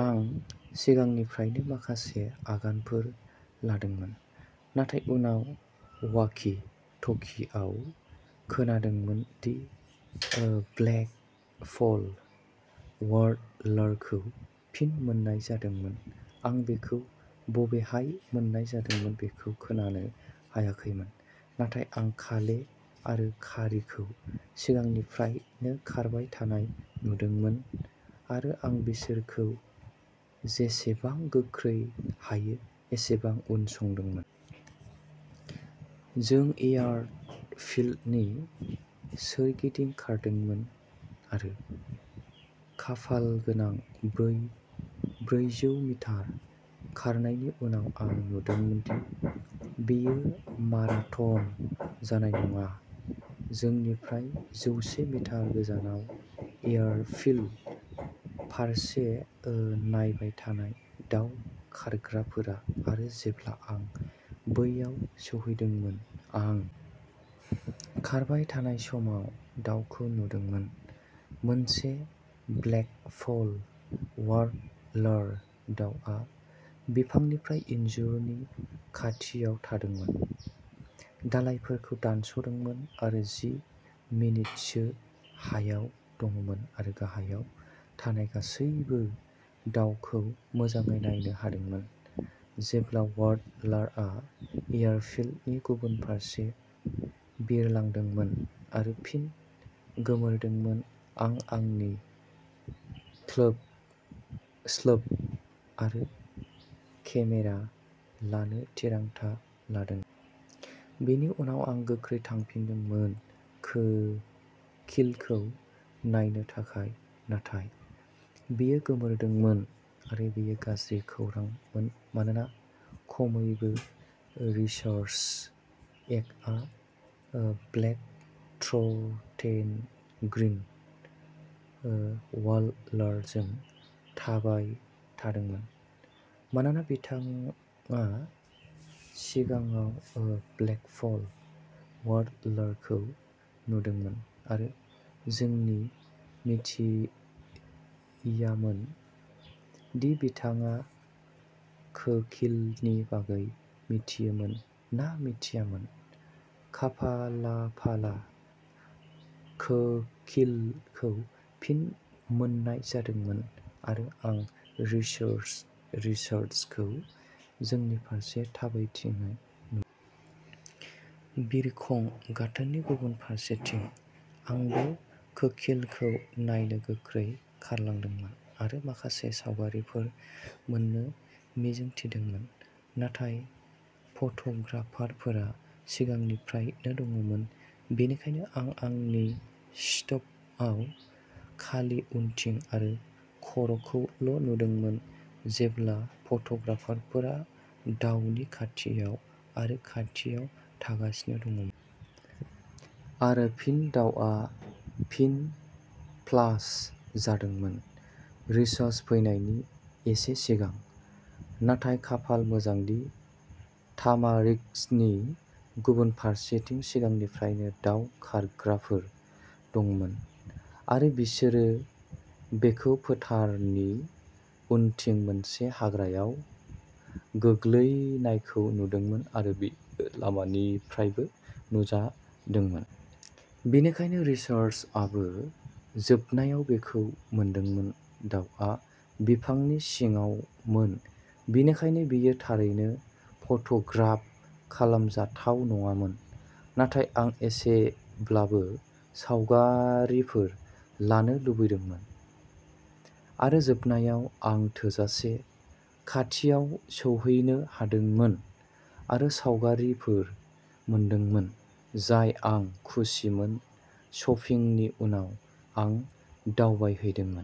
आं सिगांनिफ्रायनो माखासे आगानफोर लादोंमोन नाथाय उनाव वाकि-टकिआव खोनादोंमोन दि ब्लेकपल वार्बलारखौ फिन मोन्नाय जादोंमोन आं बेखौ बबेहाय मोन्नाय जादोंमोन बेखौ खोनानो हायाखैमोन। नाथाय आं काले आरो कारीखौ सिगांनिफ्रायनो खारबाय थानाय नुदोंमोन आरो आं बिसोरखौ जेसेबां गोख्रै हायो एसेबां उनसंदोंमोन। जों एयारफील्डनि सोरगिदिं खारदोंमोन आरो खाफालगोनां ब्रैजौ मिटार खारनायनि उनाव आं नुदोंमोन दि बेयो माराथन जानाय नङा जोंनिफ्राय जौसे मिटार गोजानाव एयारफील्ड फारसे नायबाय थानाय दाव खारग्राफोरा। आरो जेब्ला आं बैयाव सौहैदोंमोन, आं खारबाय थानाय समाव दाउखौ नुदोंमोन मोनसे ब्लेकपल वार्बलार दाउआ बिफांफोराव इनजुरनि खाथियाव थादोंमोन, दालाइफोरखौ दानस'दोंमोन आरो जि मिनिटसो हायाव दंमोन आरो गाहायाव थानाय गासैबो दाउखौ मोजाङै नायनो हादोंमोन जेब्ला वार्बलारआ एयारफील्डनि गुबुन फारसे बिरलांदोंमोन आरो फिन गोमोरदोंमोन, आं आंनि स्कोप आरो केमेरा लानो थिरांथा लादोंमोन। बेनि उनाव आं गोख्रै थांफिनदोंमोन कोकिलखौ नायनो थाखाय नाथाय बेयो गोमोरदोंमोन। आरो बेयो गाज्रि खौरांमोन मानोना खमैबो रिचार्ड एकआ ब्लेक थ्र'टेटेड ग्रीन वार्बलारजों थाबाय थादोंमोन मानोना बिथाङा सिगाङाव ब्लेकपल वार्बलारखौ नुदोंमोन आरो जों मिथियामोन दि बिथाङा कोकिलनि बागै मिथियोमोन ना मिथियामोन खाफालाफाला कोकिलखौ फिन मोन्नाय जादोंमोन आरो आं रिचार्डखौ जोंनि फारसे थाबायथिंनाय नुदोंमोन। बिरखं गाथोननि गुबुन फारसेथिं। आंबो कोकिलखौ नायनो गोख्रै खारलांदोंमोन आरो माखासे सावगारिफोर मोन्नो मिजिं थिदोंमोन, नाथाय फट'ग्राफारफोरा सिगांनिफ्रायनो दंमोन। बेनिखायनो आं आंनि स्टपआव खालि उनथिं आरो खर'खौल' नुदोंमोन, जेब्ला फट'ग्राफारफोरा दावनि खाथियाव आरो खाथियाव थांगासिनो दंमोन। आरो फिन दाउआ फिन फ्लास जादोंमोन रिचार्ड फैनायनि एसे सिगां। नाथाय खाफाल मोजां दि तामारिस्कनि गुबुन फारसेथिं सिगांनिफ्रायनो दाव खारग्राफोर दंमोन आरो बिसोरो बेखौ फोथार नि उनथिं मोनसे हाग्राआव गोग्लैनायखौ नुदोंमोन आरो बेयो लामानिफ्रायबो नुजादोंमोन। बेनिखायनो रिचार्डआबो जोबनायाव बेखौ मोनदोंमोन दाउआ बिफांनि सिङावमोन, बेनिखायनो बेयो थारैनो फट'ग्राफ खालामजाथाव नङामोन, नाथाय आं एसेब्लाबो सावगारिफोर लानो लुबैदोंमोन। आरो जोबनायाव आं थोजासे खाथियाव सौहैनो हादोंमोन आरो सावगारिफोर मोनदोंमोन जाय आं खुसिमोन। शपिंनि उनाव आं दावबायहैदों।